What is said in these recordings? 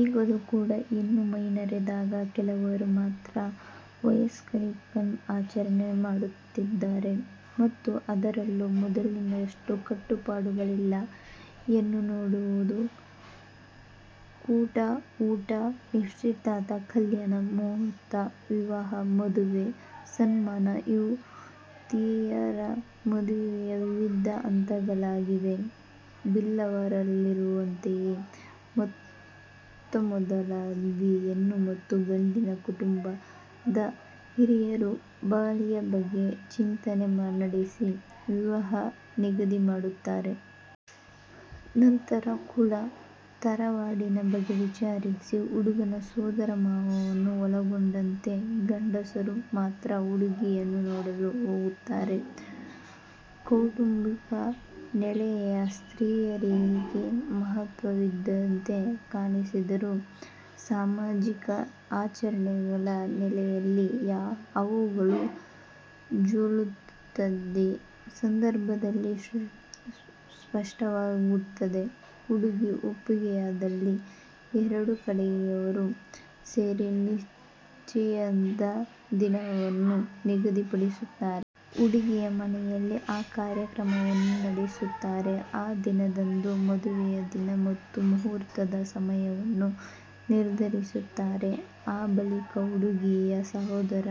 ಈಗಲೂ ಕೂಡ ಹೆಣ್ಣು ಮೈನೆರೆದಾಗ ಕೆಲವರು ಮಾತ್ರ ವಯಸರಿಕ್ಕ ನ್ ಆಚರಣೆ ಮಾಡುತ್ತಿದ್ದಾರೆ ಮತ್ತು ಅದರಲ್ಲೂ ಮೊದಲಿನಷ್ಟು ಕಟ್ಟುಪಾಡುಗಳಿಲ್ಲ. ಹೆಣ್ಣು ನೋಡುವುದು, ಕೂಟ ಊಟ, ನಿಶ್ಚಿತಾರ್ಥ, ಕಲ್ಯಾಣ ಮುಹೂರ್ತ, ವಿವಾಹ, ಮದುವೆ ಸಮ್ಮಾನ ಇವು ತೀಯರ ಮದುವೆಯ ವಿವಿಧ ಹಂತಗಳಾಗಿವೆ. ಬಿಲ್ಲವರಲ್ಲಿರುವಂತೆಯೇ ಮೊತ್ತಮೊದಲಾಗಿ ಹೆಣ್ಣು ಮತ್ತು ಗಂಡಿನ ಕುಟುಂಬದ ಹಿರಿಯರು ಬಳಿಯ ಬಗ್ಗೆ ಚಿಂತನೆ ನಡೆಸಿ, ವಿವಾಹ ನಿಗದಿಮಾಡುತ್ತಾರೆ. ಅನಂತರ ಕುಲ, ತರವಾಡಿನ ಬಗ್ಗೆ ವಿಚಾರಿಸಿ, ಹುಡುಗನ ಸೋದರಮಾವನನ್ನು ಒಳಗೊಂಡಂತೆ ಗಂಡಸರು ಮಾತ್ರ ಹುಡುಗಿಯನ್ನು ನೋಡಲು ಹೋಗುತ್ತಾರೆ. ಕೌಟುಂಬಿಕ ನೆಲೆಯಲ್ಲಿ ಸ್ತ್ರೀಯರಿಗೆ ಮಹತ್ವವಿದ್ದಂತೆ ಕಾಣಿಸಿದರೂ ಸಾಮಾಜಿಕ ಆಚರಣೆಗಳ ನೆಲೆಯಲ್ಲಿ ಅವುಗಳ ಜೊಳ್ಳುತದ್ದೀ ಸಂದರ್ಭದಲ್ಲಿ ಸ್ಪಷ್ಟವಾಗುತ್ತದೆ. ಹುಡುಗಿ ಒಪ್ಪಿಗೆಯಾದಲ್ಲಿ ಎರಡು ಕಡೆಯವರೂ ಸೇರಿ ನಿಶ್ಚಯದ ದಿನವನ್ನು ನಿಗದಿಪಡಿಸುತ್ತಾರೆ. ಹುಡುಗಿಯ ಮನೆಯಲ್ಲಿ ಈ ಕಾರ್ಯಕ್ರಮವನ್ನು ನಡೆಸುತ್ತಾರೆ. ಆ ದಿನದಂದು ಮದುವೆಯ ದಿನ ಮತ್ತು ಮುಹೂರ್ತದ ಸಮಯವನ್ನು ನಿರ್ಧರಿಸುತ್ತಾರೆ. ಆ ಬಳಿಕ ಹುಡುಗಿಯ ಸಹೋದರ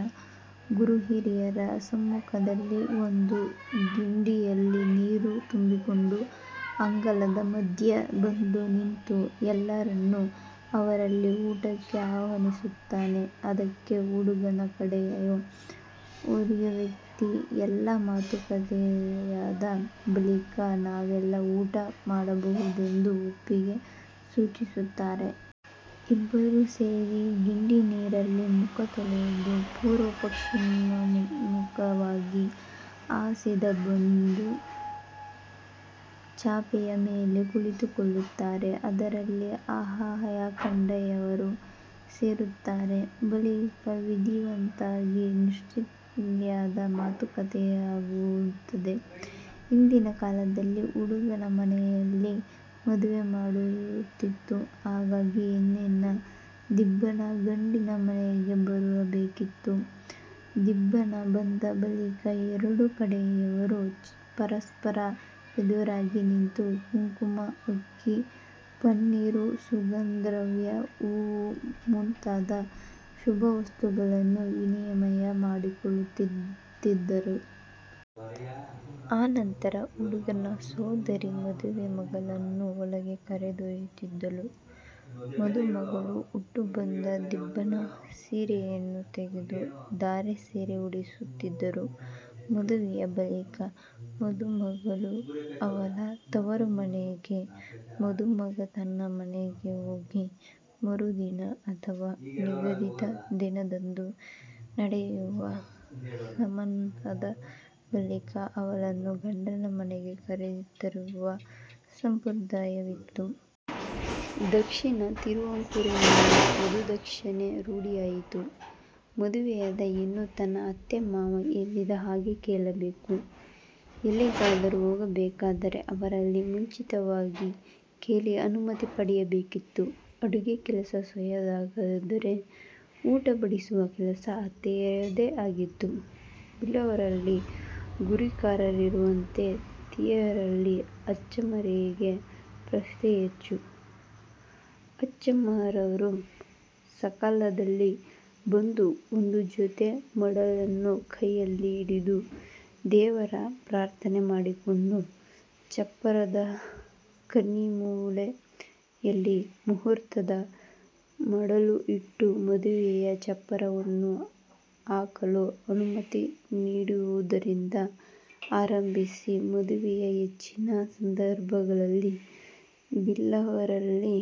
ಗುರುಹಿರಿಯರ ಸಮ್ಮುಖದಲ್ಲಿ ಒಂದು ಗಿಂಡಿಯಲ್ಲಿ ನೀರು ತುಂಬಿಕೊಂಡು, ಅಂಗಳದ ಮಧ್ಯೆ ಬಂದು ನಿಂತು ಎಲ್ಲರನ್ನೂ ಅವರಲ್ಲಿ ಊಟಕ್ಕೆ ಆಹ್ವಾನಿಸುತ್ತಾನೆ. ಅದಕ್ಕೆ ಹುಡುಗನ ಕಡೆಯ ಓರ್ವ ವ್ಯಕ್ತಿ ಎಲ್ಲ ಮಾತುಕತೆಯಾದ ಬಳಿಕ ನಾವೆಲ್ಲ ಊಟ ಮಾಡಬಹುದೆಂದು ಒಪ್ಪಿಗೆ ಸೂಚಿಸುತ್ತಾರೆ. ಇಬ್ಬರೂ ಸೇರಿ ಗಿಂಡಿ ನೀರಿನಲ್ಲಿ ಮುಖ ತೊಳೆದು ಪೂರ್ವ-ಪಶ್ಚಿಮಾಭಿಮುಖವಾಗಿ ಹಾಸಿದ ಒಂದು ಚಾಪೆಯ ಮೇಲೆ ಕುಳಿತುಕೊಳ್ಳುತ್ತಾರೆ. ಅದರಲ್ಲಿ ಆಯಾಯ ಕಡೆಯವರು ಸೇರುತ್ತಾರೆ. ಬಳಿಕ ವಿಧಿವತ್ತಾಗಿ ನಿಶ್ಚಯದ ಮಾತುಕತೆಯಾಗುತ್ತದೆ. ಹಿಂದಿನ ಕಾಲದಲ್ಲಿ ಹುಡುಗನ ಮನೆಯಲ್ಲಿ ಮದುವೆ ನಡೆಯುತ್ತಿತ್ತು. ಹಾಗಾಗಿ ಹೆಣ್ಣಿನ ದಿಬ್ಬಣ ಗಂಡಿನ ಮನೆಗೆ ಬರಬೇಕಿತ್ತು. ದಿಬ್ಬಣ ಬಂದ ಬಳಿಕ ಎರಡೂ ಕಡೆಯವರು ಪರಸ್ಪರ ಎದುರಾಗಿ ನಿಂತು ಕುಂಕುಮ, ಅಕ್ಕಿ, ಪನ್ನೀರು, ಸುಗಂಧದ್ರವ್ಯ, ಹೂವು ಮುಂತಾದ ಶುಭವಸ್ತುಗಳನ್ನು ವಿನಿಮಯ ಮಾಡಿಕೊಳ್ಳುತ್ತಿದ್ದರು. ಅನಂತರ ಹುಡುಗನ ಸೋದರಿ ಮದುಮಗಳನ್ನು ಒಳಗೆ ಕರೆತರುತ್ತಿದ್ದಳು. ಮದುಮಗಳು ಉಟ್ಟುಬಂದ ದಿಬ್ಬಣ ಸೀರೆಯನ್ನು ತೆಗೆದು ಧಾರೆ ಸೀರೆ ಉಡಿಸುತ್ತಿದ್ದರು. ಮದುವೆಯ ಬಳಿಕ ಮದುಮಗಳು ಅವಳ ತವರುಮನೆಗೆ ಮದುಮಗ ತನ್ನ ಮನೆಗೆ ಹೋಗಿ ಮರುದಿನ ಅಥವಾ ನಿಗದಿತ ದಿನದಂದು ನಡೆಯುವ ಸಮ್ಮಾನದ ಬಳಿಕ ಅವಳನ್ನು ಗಂಡನ ಮನೆಗೆ ಕರೆತರುವ ಸಂಪ್ರದಾಯವಿತ್ತು. ದಕ್ಷಿಣ ತಿರುವಾಂಕೂರಿನಲ್ಲಿ ವಧುದಕ್ಷಿಣೆ ರೂಢಿಯಲ್ಲಿತ್ತು. ಮದುವೆಯಾದ ಹೆಣ್ಣು ತನ್ನ ಅತ್ತೆ-ಮಾವ ಹೇಳಿದ ಹಾಗೆ ಕೇಳಬೇಕು. ಎಲ್ಲಿಗಾದರೂ ಹೋಗಬೇಕಾದರೆ ಅವರಲ್ಲಿ ಮುಂಚಿತವಾಗಿ ಕೇಳಿ ಅನುಮತಿ ಪಡೆಯಬೇಕಿತ್ತು. ಅಡುಗೆ ಕೆಲಸ ಸೊಸೆಯರಿಗಾದರೆ ಊಟ ಬಡಿಸುವ ಕೆಲಸ ಅತ್ತಯರದೇ ಆಗಿತ್ತು. ಬಿಲ್ಲವರಲ್ಲಿ ಗುರಿಕಾರರಿರುವಂತೆ, ತೀಯರಲ್ಲಿ ಅಚ್ಚಮ್ಮಾರಿಗೆ ಪ್ರಾಸ್ತ್ಯ ಹೆಚ್ಚು. ಅಚ್ಚಮ್ಮಾರರು ಸಕಾಲದಲ್ಲಿ ಬಂದು, ಒಂದು ಜೊತೆ ಮಡಲನ್ನು ಕೈಯಲ್ಲಿ ಹಿಡಿದು ದೇವತಾ ಪ್ರಾರ್ಥನೆ ಮಾಡಿಕೊಂಡು ಚಪ್ಪರದ ಕನ್ನಿಮೂಲೆ ಯಲ್ಲಿ ಮಹೂರ್ತದ ಮಡಲು ಇಟ್ಟು ಮದುವೆಯ ಚಪ್ಪರವನ್ನು ಹಾಕಲು ಅನುಮತಿ ನೀಡುವುದರಿಂದ ಆರಂಭಿಸಿ, ಮದುವೆಯ ಹೆಚ್ಚಿನ ಸಂದರ್ಭಗಳಲ್ಲಿ ಬಿಲ್ಲವರಲ್ಲಿ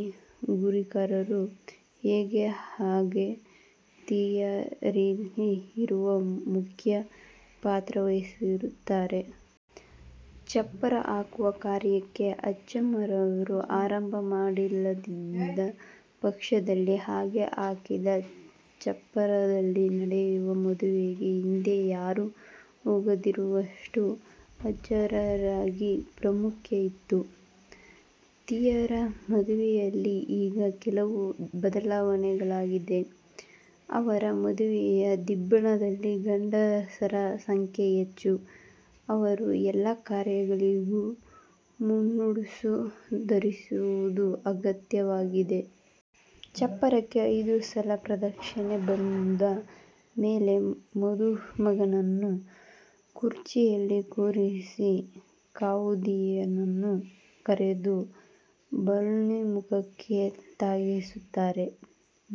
ಗುರಿಕಾರರು ಹೇಗೋ ಹಾಗೇ ತೀಯರಲ್ಲಿ ಇವರು ಮುಖ್ಯ ಪಾತ್ರವಹಿಸುತ್ತಾರೆ. ಚಪ್ಪರ ಹಾಕುವ ಕಾರ್ಯಕ್ಕೆ ಅಚ್ಚಮ್ಮಾರರು ಆರಂಭ ಮಾಡಿಲ್ಲದಿದ್ದ ಪಕ್ಷದಲ್ಲಿ ಹಾಗೆ ಹಾಕಿದ ಚಪ್ಪರದಲ್ಲಿ ನಡೆಯುವ ಮದುವೆಗೆ ಹಿಂದೆ ಯಾರೂ ಹೋಗದಿರುವಷ್ಟು ಅಚ್ಚಮ್ಮಾರರಿಗೆ ಪ್ರಾಮುಖ್ಯ ಇತ್ತು. ತೀಯರ ಮದುವೆಯಲ್ಲಿ ಈಗ ಕೆಲವು ಬದಲಾವಣೆಗಳಾಗಿದೆ. ಅವರ ಮದುವೆಯ ದಿಬ್ಬಣದಲ್ಲಿ ಗಂಡಸರ ಸಂಖ್ಯೆ ಹೆಚ್ಚು. ಅವರು ಎಲ್ಲ ಕಾರ್ಯಗಳಿಗೂ ಮುಂಡಾಸು ಧರಿಸುವುದು ಅಗತ್ಯವಾಗಿದೆ. ಚಪ್ಪರಕ್ಕೆ ಐದು ಸಲ ಪ್ರದಕ್ಷಿಣೆ ಬಂದ ಮೇಲೆ ಮದುಮಗನನ್ನು ಕುರ್ಚಿಯಲ್ಲಿ ಕುಳ್ಳಿರಿಸಿ ಕಾವುದೀಯನ್ನನ್ನು ಕರೆದು ಬಾಳ್ನ್ನು ಮುಖಕ್ಕೆ ತಾಗಿಸುತ್ತಾರೆ.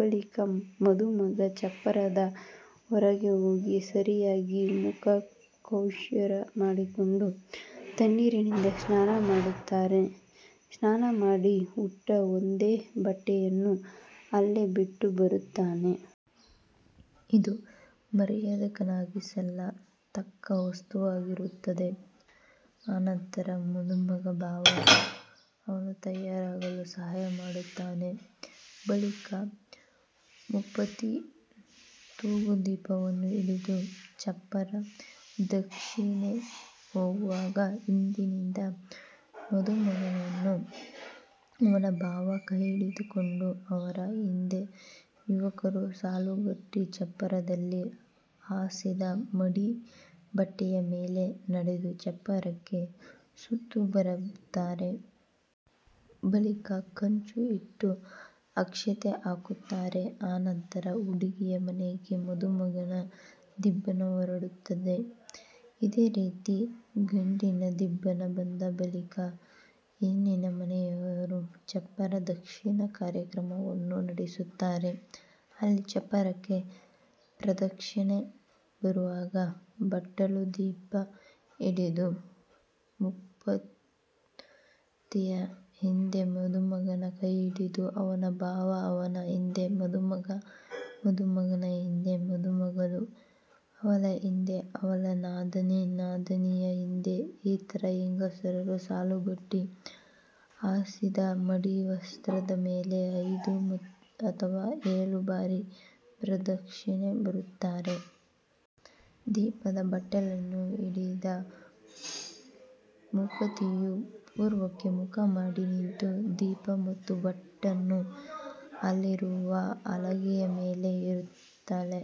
ಬಳಿಕ ಮದುಮಗ ಚಪ್ಪರದ ಹೊರಗೆ ಹೋಗಿ ಸರಿಯಾಗಿ ಮುಖಕ್ಷೌರ ಮಾಡಿಕೊಂಡು ತಣ್ಣೀರಿನಿಂದ ಸ್ನಾನ ಮಾಡುತ್ತಾನೆ. ಸ್ನಾನ ಮಾಡಿ ಉಟ್ಟ ಒದ್ದೆ ಬಟ್ಟೆಯನ್ನು ಅಲ್ಲೇ ಬಿಟ್ಟು ಬರುತ್ತಾನೆ. ಅದು ಮರ್ಯಾದಕ್ಕಾರನ್ಗೆ ಸಲ್ಲ ತಕ್ಕ ವಸ್ತುವಾಗಿರುತ್ತದೆ. ಅನಂತರ ಮದುಮಗನ ಭಾವ ಅವನು ತಯಾರಾಗಲು ಸಹಾಯ ಮಾಡುತ್ತಾನೆ. ಬಳಿಕ ಮೂಪತ್ತಿ ತೂಗುದೀಪವನ್ನು ಹಿಡಿದು ಚಪ್ಪರ ಪ್ರದಕ್ಷಿಣೆ ಹೋಗುವಾಗ ಹಿಂದಿನಿಂದ ಮದುಮಗನನ್ನು ಅವನ ಭಾವ ಕೈಹಿಡಿದುಕೊಂಡು, ಅವರ ಹಿಂದೆ ಯುವಕರು ಸಾಲುಗಟ್ಟಿ ಚಪ್ಪರದಲ್ಲಿ ಹಾಸಿದ ಮಡಿ ಬಟ್ಟೆಯ ಮೇಲೆ ನಡೆದು ಚಪ್ಪರಕ್ಕೆ ಸುತ್ತು ಬರುತ್ತಾರೆ. ಬಳಿಕ ಕಂಚು ಇಟ್ಟು ಅಕ್ಷತೆ ಹಾಕುತ್ತಾರೆ. ಅನಂತರ ಹುಡುಗಿಯ ಮನೆಗೆ ಮದುಮಗನ ದಿಬ್ಬಣ ಹೊರಡುತ್ತದೆ. ಇದೇ ರೀತಿ ಗಂಡಿನ ದಿಬ್ಬಣ ಬಂದ-ಬಳಿಕ ಹೆಣ್ಣಿನ ಮನೆಯಲ್ಲೂ ಚಪ್ಪರ ಪ್ರದಕ್ಷಿಣೆ ಕಾರ್ಯಕ್ರಮವನ್ನು ನಡೆಸುತ್ತಾರೆ. ಅಲ್ಲಿ ಚಪ್ಪರಕ್ಕೆ ಪ್ರದಕ್ಷಿಣೆ ಬರುವಾಗ ಬಟ್ಟಲು ದೀಪ ಹಿಡಿದ ಮೂಪತ್ತಿಯ ಹಿಂದೆ ಮದುಮಗನ ಕೈ ಹಿಡಿದ ಅವನ ಭಾವ, ಅವನ ಹಿಂದೆ ಮದುಮಗ, ಮದುಮಗನ ಹಿಂದೆ ಮದುಮಗಳು, ಅವಳ ಹಿಂದೆ ಅವಳ ನಾದಿನಿ, ನಾದಿನಿಯ ಹಿಂದೆ ಇತರ ಹೆಂಗಸರು ಸಾಲುಗಟ್ಟಿ ಹಾಸಿದ ಮಡಿವಸ್ತ್ರದ ಮೇಲೆ ಐದು ಅಥವಾ ಏಳು ಬಾರಿ ಪ್ರದಕ್ಷಿಣೆ ಬರುತ್ತಾರೆ. ದೀಪದ ಬಟ್ಟಲನ್ನು ಹಿಡಿದ ಮೂಪತ್ತಿಯು ಪೂರ್ವಕ್ಕೆ ಮುಖ ಮಾಡಿ ನಿಂತು, ದೀಪ ಮತ್ತು ಬಟ್ಟನ್ನು ಅಲ್ಲಿರುವ ಹಲಗೆಯ ಮೇಲೆ ಇರುತ್ತಾಳೆ.